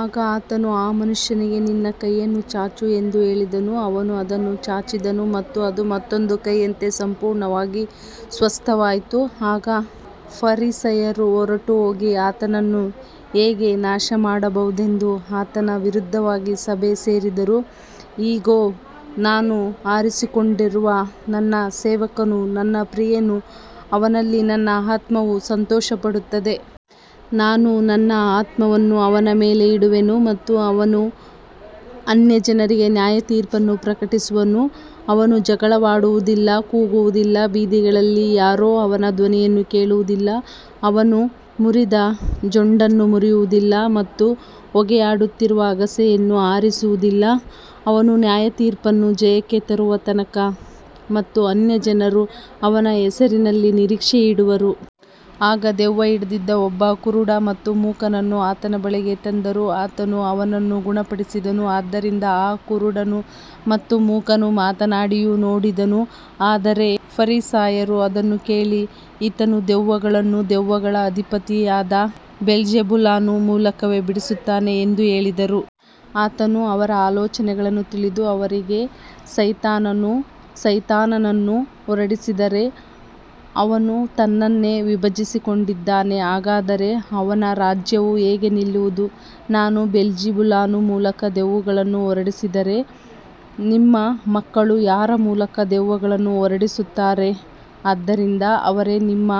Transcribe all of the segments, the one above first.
ಆಗ ಆತನು ಆ ಮನುಷ್ಯನಿಗೆ, ನಿನ್ನ ಕೈಯನ್ನು ಚಾಚು ಎಂದು ಹೇಳಿದನು. ಅವನು ಅದನ್ನು ಚಾಚಿದನು ಮತ್ತು ಅದು ಮತ್ತೊಂದು ಕೈಯಂತೆ ಸಂಪೂರ್ಣವಾಗಿ ಸ್ವಸ್ಥವಾಯಿತು. ಆಗ ಫರಿಸಾಯರು ಹೊರಟುಹೋಗಿ, ಆತನನ್ನು ಹೇಗೆ ನಾಶಮಾಡಬಹುದೆಂದು ಆತನ ವಿರುದ್ಧವಾಗಿ ಸಭೆ ಸೇರಿದರು. ಇಗೋ, ನಾನು ಆರಿಸಿಕೊಂಡಿರುವ ನನ್ನ ಸೇವಕನು, ನನ್ನ ಪ್ರಿಯನು, ಅವನಲ್ಲಿ ನನ್ನ ಆತ್ಮವು ಸಂತೋಷಪಡುತ್ತದೆ. ನಾನು ನನ್ನ ಆತ್ಮವನ್ನು ಅವನ ಮೇಲೆ ಇಡುವೆನು ಮತ್ತು ಅವನು ಅನ್ಯಜನರಿಗೆ ನ್ಯಾಯತೀರ್ಪನ್ನು ಪ್ರಕಟಿಸುವನು. ಅವನು ಜಗಳವಾಡುವುದಿಲ್ಲ, ಕೂಗುವುದಿಲ್ಲ, ಬೀದಿಗಳಲ್ಲಿ ಯಾರೂ ಅವನ ಧ್ವನಿಯನ್ನು ಕೇಳುವುದಿಲ್ಲ. ಅವನು ಮುರಿದ ಜೊಂಡನ್ನು ಮುರಿಯುವುದಿಲ್ಲ ಮತ್ತು ಹೊಗೆಯಾಡುತ್ತಿರುವ ಅಗಸೆಯನ್ನು ಆರಿಸುವುದಿಲ್ಲ, ಅವನು ನ್ಯಾಯತೀರ್ಪನ್ನು ಜಯಕ್ಕೆ ತರುವ ತನಕ. ಮತ್ತು ಅನ್ಯಜನರು ಅವನ ಹೆಸರಿನಲ್ಲಿ ನಿರೀಕ್ಷೆಯಿಡುವರು. ಆಗ ದೆವ್ವ ಹಿಡಿದಿದ್ದ ಒಬ್ಬ ಕುರುಡ ಮತ್ತು ಮೂಕನನ್ನು ಆತನ ಬಳಿಗೆ ತಂದರು. ಆತನು ಅವನನ್ನು ಗುಣಪಡಿಸಿದನು, ಆದ್ದರಿಂದ ಆ ಕುರುಡನು ಮತ್ತು ಮೂಕನು ಮಾತನಾಡಿಯೂ ನೋಡಿದನು. ಆದರೆ ಫರಿಸಾಯರು ಅದನ್ನು ಕೇಳಿ, ಈತನು ದೆವ್ವಗಳನ್ನು ದೆವ್ವಗಳ ಅಧಿಪತಿಯಾದ ಬೆಲ್ಜೆಬೂಲನು ಮೂಲಕವೇ ಬಿಡಿಸುತ್ತಾನೆ ಎಂದು ಹೇಳಿದರು. ಆತನು ಅವರ ಆಲೋಚನೆಗಳನ್ನು ತಿಳಿದು ಅವರಿಗೆ, ಸೈತಾನನು ಸೈತಾನನನ್ನು ಹೊರಡಿಸಿದರೆ ಅವನು ತನ್ನನ್ನೇ ವಿಭಜಿಸಿಕೊಂಡಿದ್ದಾನೆ, ಹಾಗಾದರೆ ಅವನ ರಾಜ್ಯವು ಹೇಗೆ ನಿಲ್ಲುವುದು? ನಾನು ಬೆಲ್ಜೆಬೂಲನು ಮೂಲಕ ದೆವ್ವಗಳನ್ನು ಹೊರಡಿಸಿದರೆ ನಿಮ್ಮ ಮಕ್ಕಳು ಯಾರ ಮೂಲಕ ಅವುಗಳನ್ನು ಹೊರಡಿಸುತ್ತಾರೆ? ಆದ್ದರಿಂದ ಅವರೇ ನಿಮ್ಮ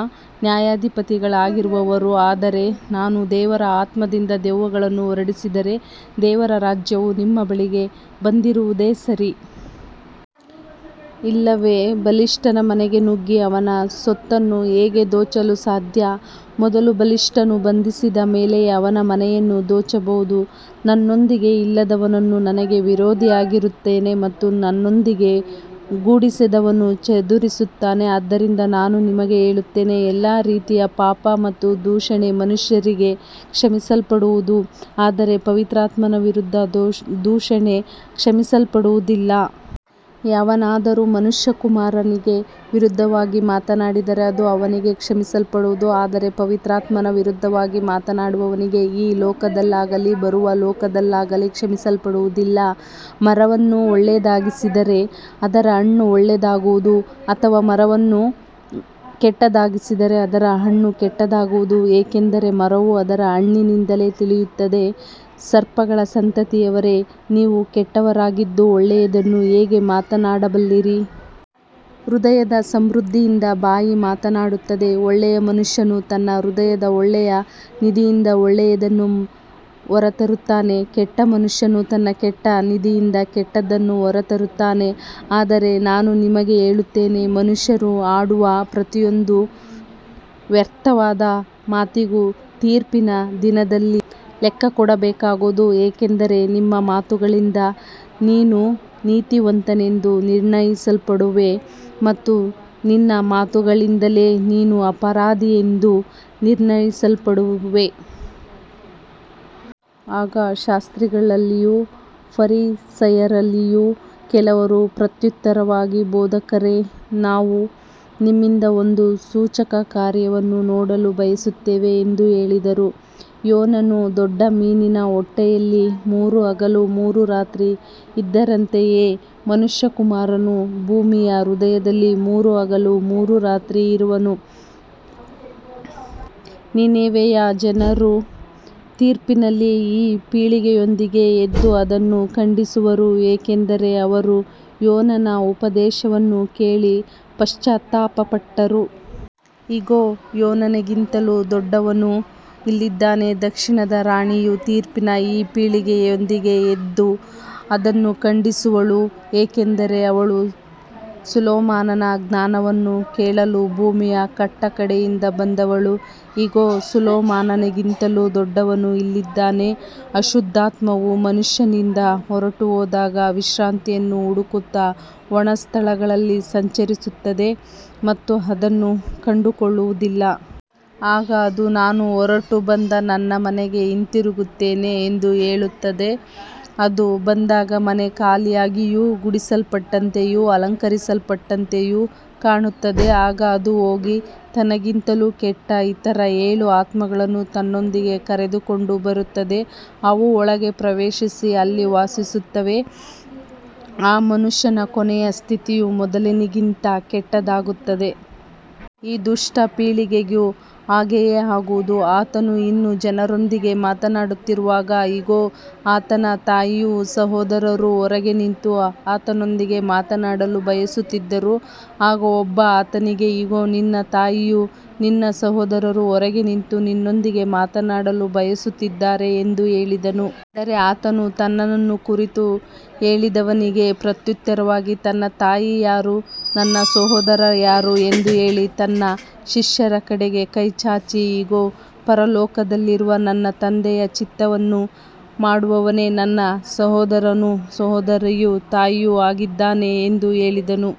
ನ್ಯಾಯಾಧಿಪತಿಗಳಾಗಿರುವರು. ಆದರೆ ನಾನು ದೇವರ ಆತ್ಮದಿಂದ ದೆವ್ವಗಳನ್ನು ಹೊರಡಿಸಿದರೆ, ದೇವರ ರಾಜ್ಯವು ನಿಮ್ಮ ಬಳಿಗೆ ಬಂದಿರುವುದೇ ಸರಿ. ಇಲ್ಲವೆ ಬಲಿಷ್ಠನ ಮನೆಗೆ ನುಗ್ಗಿ ಅವನ ಸೊತ್ತನ್ನು ಹೇಗೆ ದೋಚಲು ಸಾಧ್ಯ? ಮೊದಲು ಬಲಿಷ್ಠನನ್ನು ಬಂಧಿಸಿದ ಮೇಲೆಯೇ ಅವನ ಮನೆಯನ್ನು ದೋಚಬಹುದು. ನನ್ನೊಂದಿಗೆ ಇಲ್ಲದವನು ನನಗೆ ವಿರೋಧಿಯಾಗಿದ್ದಾನೆ ಮತ್ತು ನನ್ನೊಂದಿಗೆ ಕೂಡಿಸದವನು ಚದುರಿಸುತ್ತಾನೆ. ಆದ್ದರಿಂದ ನಾನು ನಿಮಗೆ ಹೇಳುತ್ತೇನೆ, ಎಲ್ಲಾ ರೀತಿಯ ಪಾಪ ಮತ್ತು ದೂಷಣೆ ಮನುಷ್ಯರಿಗೆ ಕ್ಷಮಿಸಲ್ಪಡುವುದು, ಆದರೆ ಪವಿತ್ರಾತ್ಮನ ವಿರುದ್ಧದ ದೂಷಣೆ ಕ್ಷಮಿಸಲ್ಪಡುವುದಿಲ್ಲ. ಯಾವನಾದರೂ ಮನುಷ್ಯಕುಮಾರನಿಗೆ ವಿರುದ್ಧವಾಗಿ ಮಾತಾಡಿದರೆ ಅದು ಅವನಿಗೆ ಕ್ಷಮಿಸಲ್ಪಡುವುದು, ಆದರೆ ಪವಿತ್ರಾತ್ಮನ ವಿರುದ್ಧವಾಗಿ ಮಾತಾಡುವವನಿಗೆ ಈ ಲೋಕದಲ್ಲಾಗಲಿ ಬರಲಿರುವ ಲೋಕದಲ್ಲಾಗಲಿ ಕ್ಷಮಿಸಲ್ಪಡುವುದಿಲ್ಲ. ಮರವನ್ನು ಒಳ್ಳೆಯದಾಗಿಸಿದರೆ ಅದರ ಹಣ್ಣೂ ಒಳ್ಳೆಯದಾಗುವುದು, ಅಥವಾ ಮರವನ್ನು ಕೆಟ್ಟದಾಗಿಸಿದರೆ ಅದರ ಹಣ್ಣೂ ಕೆಟ್ಟದಾಗುವುದು, ಏಕೆಂದರೆ ಮರವು ಅದರ ಹಣ್ಣಿನಿಂದಲೇ ತಿಳಿಯುತ್ತದೆ. ಸರ್ಪಗಳ ಸಂತತಿಯವರೇ, ನೀವು ಕೆಟ್ಟವರಾಗಿದ್ದು ಒಳ್ಳೆಯದನ್ನು ಹೇಗೆ ಮಾತನಾಡಬಲ್ಲಿರಿ? ಹೃದಯದ ಸಮೃದ್ಧಿಯಿಂದ ಬಾಯಿ ಮಾತನಾಡುತ್ತದೆ. ಒಳ್ಳೆಯ ಮನುಷ್ಯನು ತನ್ನ ಹೃದಯದ ಒಳ್ಳೆಯ ನಿಧಿಯಿಂದ ಒಳ್ಳೆಯದನ್ನು ಹೊರತರುತ್ತಾನೆ, ಕೆಟ್ಟ ಮನುಷ್ಯನು ತನ್ನ ಕೆಟ್ಟ ನಿಧಿಯಿಂದ ಕೆಟ್ಟದ್ದನ್ನು ಹೊರತರುತ್ತಾನೆ. ಆದರೆ ನಾನು ನಿಮಗೆ ಹೇಳುತ್ತೇನೆ, ಮನುಷ್ಯರು ಆಡುವ ಪ್ರತಿಯೊಂದು ವ್ಯರ್ಥವಾದ ಮಾತಿಗೂ ತೀರ್ಪಿನ ದಿನದಲ್ಲಿ ಲೆಕ್ಕಕೊಡಬೇಕಾಗುವುದು. ಯಾಕಂದರೆ ನಿನ್ನ ಮಾತುಗಳಿಂದ ನೀನು ನೀತಿವಂತನೆಂದು ನಿರ್ಣಯಿಸಲ್ಪಡುವೆ ಮತ್ತು ನಿನ್ನ ಮಾತುಗಳಿಂದಲೇ ನೀನು ಅಪರಾಧಿಯೆಂದು ನಿರ್ಣಯಿಸಲ್ಪಡುವೆ. ಆಗ ಶಾಸ್ತ್ರಿಗಳಲ್ಲಿಯೂ ಫರಿಸಾಯರಲ್ಲಿಯೂ ಕೆಲವರು ಪ್ರತ್ಯುತ್ತರವಾಗಿ, ಬೋಧಕರೇ, ನಾವು ನಿನ್ನಿಂದ ಒಂದು ಸೂಚಕಕಾರ್ಯವನ್ನು ನೋಡಲು ಬಯಸುತ್ತೇವೆ ಎಂದು ಹೇಳಿದರು. ಯೋನನು ದೊಡ್ಡ ಮೀನಿನ ಹೊಟ್ಟೆಯಲ್ಲಿ ಮೂರು ಹಗಲು ಮೂರು ರಾತ್ರಿ ಇದ್ದಂತೆಯೇ ಮನುಷ್ಯಕುಮಾರನು ಭೂಮಿಯ ಹೃದಯದಲ್ಲಿ ಮೂರು ಹಗಲು ಮೂರು ರಾತ್ರಿ ಇರುವನು. ನಿನೆವೆಯ ಜನರು ತೀರ್ಪಿನಲ್ಲಿ ಈ ಪೀಳಿಗೆಯೊಂದಿಗೆ ಎದ್ದು ಅದನ್ನು ಖಂಡಿಸುವರು, ಏಕೆಂದರೆ ಅವರು ಯೋನನ ಉಪದೇಶವನ್ನು ಕೇಳಿ ಪಶ್ಚಾತ್ತಾಪಪಟ್ಟರು. ಇಗೋ, ಯೋನನಿಗಿಂತಲೂ ದೊಡ್ಡವನು ಇಲ್ಲಿದ್ದಾನೆ. ದಕ್ಷಿಣದ ರಾಣಿಯು ತೀರ್ಪಿನಲ್ಲಿ ಈ ಪೀಳಿಗೆಯೊಂದಿಗೆ ಎದ್ದು ಅದನ್ನು ಖಂಡಿಸುವಳು, ಏಕೆಂದರೆ ಅವಳು ಸೊಲೊಮೋನನ ಜ್ಞಾನವನ್ನು ಕೇಳಲು ಭೂಮಿಯ ಕಟ್ಟಕಡೆಯಿಂದ ಬಂದಳು. ಇಗೋ, ಸೊಲೊಮೋನನಿಗಿಂತಲೂ ದೊಡ್ಡವನು ಇಲ್ಲಿದ್ದಾನೆ. ಅಶುದ್ಧಾತ್ಮವು ಮನುಷ್ಯನಿಂದ ಹೊರಟುಹೋದಾಗ, ವಿಶ್ರಾಂತಿಯನ್ನು ಹುಡುಕುತ್ತಾ ಒಣ ಸ್ಥಳಗಳಲ್ಲಿ ಸಂಚರಿಸುತ್ತದೆ ಮತ್ತು ಅದನ್ನು ಕಂಡುಕೊಳ್ಳುವುದಿಲ್ಲ. ಆಗ ಅದು, ನಾನು ಹೊರಟುಬಂದ ನನ್ನ ಮನೆಗೆ ಹಿಂತಿರುಗುತ್ತೇನೆ ಎಂದು ಹೇಳುತ್ತದೆ. ಅದು ಬಂದಾಗ ಮನೆ ಖಾಲಿಯಾಗಿಯೂ ಗುಡಿಸಲ್ಪಟ್ಟಂತೆಯೂ ಅಲಂಕರಿಸಲ್ಪಟ್ಟಂತೆಯೂ ಕಾಣುತ್ತದೆ. ಆಗ ಅದು ಹೋಗಿ, ತನಗಿಂತಲೂ ಕೆಟ್ಟ ಇತರ ಏಳು ಆತ್ಮಗಳನ್ನು ತನ್ನೊಂದಿಗೆ ಕರೆದುಕೊಂಡು ಬರುತ್ತದೆ. ಅವು ಒಳಗೆ ಪ್ರವೇಶಿಸಿ ಅಲ್ಲಿ ವಾಸಿಸುತ್ತವೆ. ಆ ಮನುಷ್ಯನ ಕೊನೆಯ ಸ್ಥಿತಿಯು ಮೊದಲಿನದಕ್ಕಿಂತ ಕೆಟ್ಟದಾಗುತ್ತದೆ. ಈ ದುಷ್ಟ ಪೀಳಿಗೆಗೂ ಹಾಗೆಯೇ ಆಗುವುದು. ಆತನು ಇನ್ನೂ ಜನರೊಂದಿಗೆ ಮಾತನಾಡುತ್ತಿರುವಾಗ, ಇಗೋ, ಆತನ ತಾಯಿಯೂ ಸಹೋದರರೂ ಹೊರಗೆ ನಿಂತು ಆತನೊಂದಿಗೆ ಮಾತನಾಡಲು ಬಯಸುತ್ತಿದ್ದರು. ಆಗ ಒಬ್ಬನು ಆತನಿಗೆ, ಇಗೋ, ನಿನ್ನ ತಾಯಿಯೂ ನಿನ್ನ ಸಹೋದರರೂ ಹೊರಗೆ ನಿಂತು ನಿನ್ನೊಂದಿಗೆ ಮಾತನಾಡಲು ಬಯಸುತ್ತಿದ್ದಾರೆ ಎಂದು ಹೇಳಿದನು. ಆದರೆ ಆತನು ತನ್ನನ್ನು ಕುರಿತು ಹೇಳಿದವನಿಗೆ ಪ್ರತ್ಯುತ್ತರವಾಗಿ, ನನ್ನ ತಾಯಿ ಯಾರು? ನನ್ನ ಸಹೋದರರು ಯಾರು? ಎಂದು ಹೇಳಿ, ತನ್ನ ಶಿಷ್ಯರ ಕಡೆಗೆ ಕೈಚಾಚಿ, ಇಗೋ, ಪರಲೋಕದಲ್ಲಿರುವ ನನ್ನ ತಂದೆಯ ಚಿತ್ತವನ್ನು ಮಾಡುವವನೇ ನನ್ನ ಸಹೋದರನೂ ಸಹೋದರಿಯೂ ತಾಯಿಯೂ ಆಗಿದ್ದಾನೆ ಎಂದು ಹೇಳಿದನು.